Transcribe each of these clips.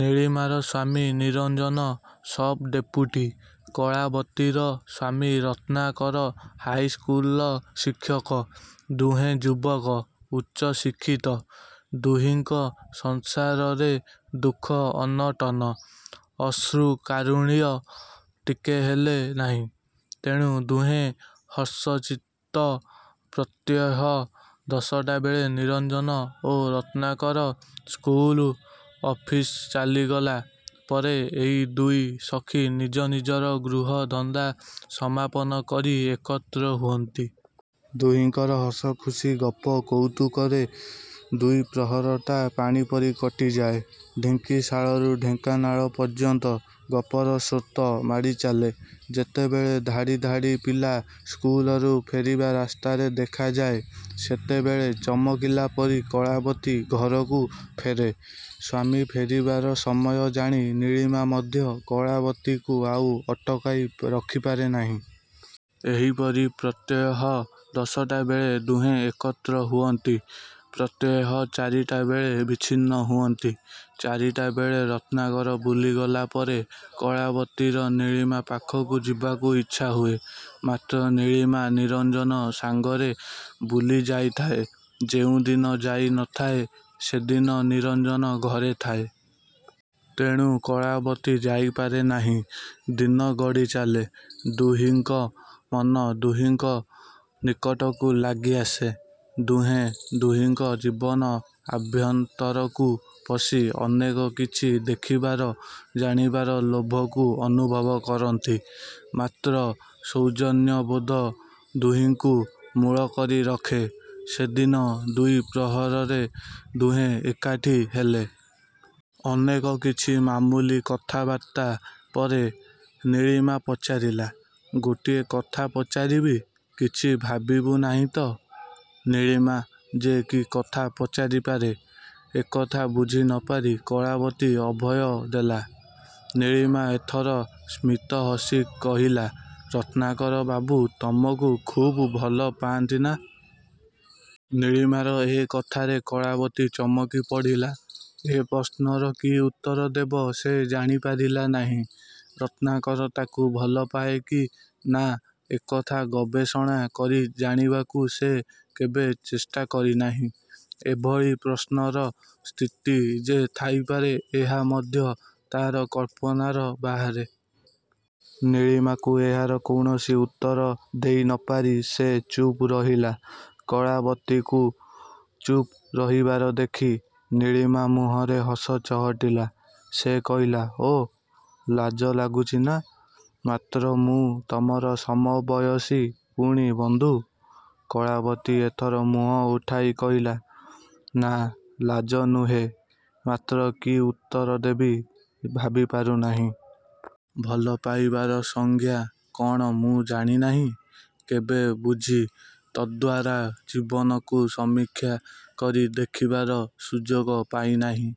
ନୀଳିମାର ସ୍ୱାମୀ ନିରଞ୍ଜନ ସବ୍‌-ଡେପୁଟି। କଳାବତୀର ସ୍ୱାମୀ ରତ୍ନାକର ହାଇସ୍କୁଲର ଶିକ୍ଷକ। ଦୁହେଁ ଯୁବକ, ଉଚ୍ଚ ଶିକ୍ଷିତ। ଦୁହିଁଙ୍କ ସଂସାରରେ ଦୁଃଖ ଅନଟନ, ଅଶ୍ରୁକାରୁଣ୍ୟ ଟିକେ ହେଲେ ନାହିଁ। ତେଣୁ ଦୁହେଁ ହର୍ଷଚିତ୍ତ। ପ୍ରତ୍ୟହ ଦଶଟା ବେଳେ ନିରଞ୍ଜନ ଓ ରତ୍ନାକର ସ୍କୁଲ, ଅଫିସ ଚାଲିଗଲା ପରେ ଏଇ ଦୁଇ ସଖୀ ନିଜ ନିଜର ଗୃହ ଧନ୍ଦା ସମାପନ କରି ଏକତ୍ର ହୁଅନ୍ତି। ଦୁହିଁଙ୍କର ହସଖୁସୀ ଗପ କୌତୁକରେ ଦ୍ଵିପ୍ରହରଟା ପାଣିପରି କଟିଯାଏ, ଢିଙ୍କିଶାଳରୁ ଢେଙ୍କାନାଳ ପର୍ଯ୍ୟନ୍ତ ଗପର ସ୍ରୋତ ମାଡ଼ି ଚାଲେ। ଯେତେବେଳେ ଧାଡ଼ି ଧାଡ଼ି ପିଲା ସ୍କୁଲରୁ ଫେରିବା ରାସ୍ତାରେ ଦେଖାଯାଏ, ସେତେବେଳେ ଚମକିଲାପରି କଳାବତୀ ଘରକୁ ଫେରେ। ସ୍ୱାମୀ ଫେରିବାର ସମୟ ଜାଣି ନୀଳିମା ମଧ୍ୟ କଳାବତୀକୁ ଆଉ ଅଟକାଇ ରଖିପାରେ ନାହିଁ। ଏହିପରି ପ୍ରତ୍ୟହ ଦଶଟା ବେଳେ ଦୁହେଁ ଏକତ୍ର ହୁଅନ୍ତି। ପ୍ରତ୍ୟହ ଚାରିଟା ବେଳେ ବିଚ୍ଛିନ୍ନ ହୁଅନ୍ତି। ଚାରିଟା ବେଳେ ରତ୍ନାକର ବୁଲିଗଲା ପରେ, କଳାବତୀର ନୀଳିମା ପାଖକୁ ଯିବାକୁ ଇଚ୍ଛାହୁଏ। ମାତ୍ର ନୀଳିମା ନିରଞ୍ଜନ ସାଙ୍ଗରେ ବୁଲି ଯାଇଥାଏ, ଯେଉଁଦିନ ଯାଇ ନ ଥାଏ, ସେଦିନ ନିରଞ୍ଜନ ଘରେ ଥାଏ! ତେଣୁ କଳାବତୀ ଯାଇପାରେ ନାହିଁ। ଦିନ ଗଡ଼ି ଚାଲେ। ଦୁହିଙ୍କ ମନ ଦୁହିଙ୍କ ନିକଟକୁ ଲାଗି ଆସେ। ଦୁହେଁ ଦୁହିଙ୍କ ଜୀବନ ଆଭ୍ୟନ୍ତରକୁ ପଶି, ଅନେକ କିଛି ଦେଖିବାର, ଜାଣିବାର ଲୋଭକୁ ଅନୁଭବ କରନ୍ତି। ମାତ୍ର ସୌଜନ୍ୟବୋଧ ଦୁହିଁଙ୍କୁ ମୂଳ କରି ରଖେ। ସେଦିନ ଦ୍ଵିପ୍ରହରରେ ଦୁହେଁ ଏକାଠି ହେଲେ। ଅନେକ କିଛି ମାମୁଲି କଥାବାର୍ତ୍ତା ପରେ, ନୀଳିମା ପଚାରିଲା, "ଗୋଟିଏ କଥା ପଚାରିବି, କିଛି ଭାବିବୁ ନାହିଁ ତ? "ନୀଳିମା ଯେ କି କଥା ପଚାରି ପାରେ, ଏକଥା ବୁଝି ନ ପାରି କଳାବତୀ ଅଭୟ ଦେଲା। ନୀଳିମା ଏଥର ସ୍ମିତ ହସି କହିଲା, "ରତ୍ନାକରବାବୁ ତମକୁ ଖୁବ୍ ଭଲପାନ୍ତି ନା?" ନୀଳିମାର ଏ କଥାରେ କଳାବତୀ ଚମକି ପଡ଼ିଲା। ଏ ପ୍ରଶ୍ନର କି ଉତ୍ତର ଦେବ ସେ ଜାଣିପାରିଲା ନାହିଁ। ରତ୍ନାକର ତାକୁ ଭଲପାଏ କି ନା ଏକଥା ଗବେଷଣା କରି ଜାଣିବାକୁ ସେ କେବେ ଚେଷ୍ଟା କରି ନାହିଁ। ଏଭଳି ପ୍ରଶ୍ନର ସ୍ଥିତି ଯେ ଥାଇପାରେ ଏହା ମଧ୍ୟ ତା'ର କଳ୍ପନାର ବାହାରେ। ନୀଳିମାକୁ ଏହାର କୌଣସି ଉତ୍ତର ଦେଇ ନ ପାରି ସେ ଚୁପ୍ ରହିଲା। କଳାବତୀକୁ ଚୁପ୍ ରହିବାର ଦେଖି ନୀଳିମା ମୁହଁରେ ହସ ଚହଟିଲା। ସେ କହିଲା, "ଓଃ ଲାଜ ଲାଗୁଚି ନା! ମାତ୍ର ମୁଁ ତମର ସମବୟସୀ ପୁଣି ବନ୍ଧୁ!" କଳାବତୀ ଏଥର ମୁହଁ ଉଠାଇ କହିଲା, "ନା, ଲାଜ ନୁହେ, ମାତ୍ର କି ଉତ୍ତର ଦେବି ଭାବିପାରୁ ନାହିଁ। ଭଲ ପାଇବାର ସଂଜ୍ଞା କ'ଣ ମୁଁ ଜାଣି ନାହିଁ। କେବେ ବୁଝି ତଦ୍ଦ୍ୱାରା ଜୀବନକୁ ସମୀକ୍ଷା କରି ଦେଖିବାର ସୁଯୋଗ ପାଇ ନାହିଁ।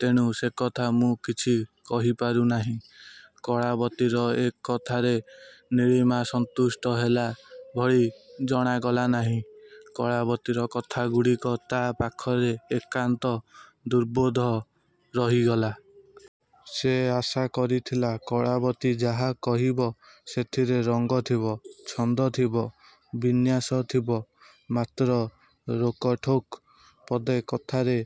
ତେଣୁ ସେକଥା ମୁଁ କିଛି କହିପାରୁ ନାହିଁ।" କଳାବତୀର ଏକଥାରେ ନୀଳିମା ସନ୍ତୁଷ୍ଟ ହେଲା ଭଳି ଜଣାଗଲା ନାହିଁ। କଳାବତୀର କଥାଗୁଡ଼ିକ ତା' ପାଖରେ ଏକାନ୍ତ ଦୁର୍ବୋଧ୍ୟ ରହିଗଲା। ସେ ଆଶା କରିଥିଲା କଳାବତୀ ଯାହା କହିବ, ସେଥିରେ ରଙ୍ଗ ଥିବ, ଛନ୍ଦ ଥିବ, ବିନ୍ୟାସ ଥିବ। ମାତ୍ର ରୋକଠୋକ୍ ପଦେ କଥାରେ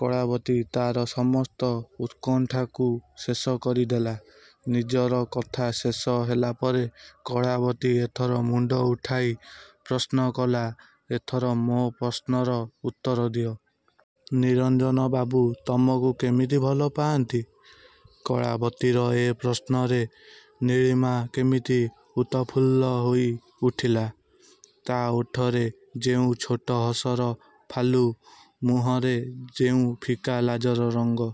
କଳାବତୀ ତା'ର ସମସ୍ତ ଉତ୍କଣ୍ଠାକୁ ଶେଷ କରି ଦେଲା। ନିଜର କଥା ଶେଷ ହେଲା ପରେ, କଳାବତୀ ଏଥର ମୁଣ୍ଡ ଉଠାଇ ପ୍ରଶ୍ନ କଲା, "ଏଥର ମୋ' ପ୍ରଶ୍ନର ଉତ୍ତର ଦିଅ। ନିରଞ୍ଜନବାବୁ ତମକୁ କେମିତି ଭଲ ପାଆନ୍ତି?" କଳାବତୀର ଏ ପ୍ରଶ୍ନରେ ନୀଳିମା କେମିତି ଉତଫୁଲ୍ଲ ହୋଇ ଉଠିଲା। ତା' ଓଠରେ ଯେଉଁ ଛୋଟ ହସର ଫାଲୁ, ମୁହଁରେ ଯେଉଁ ଫିକା ଲାଜର ରଙ୍ଗ।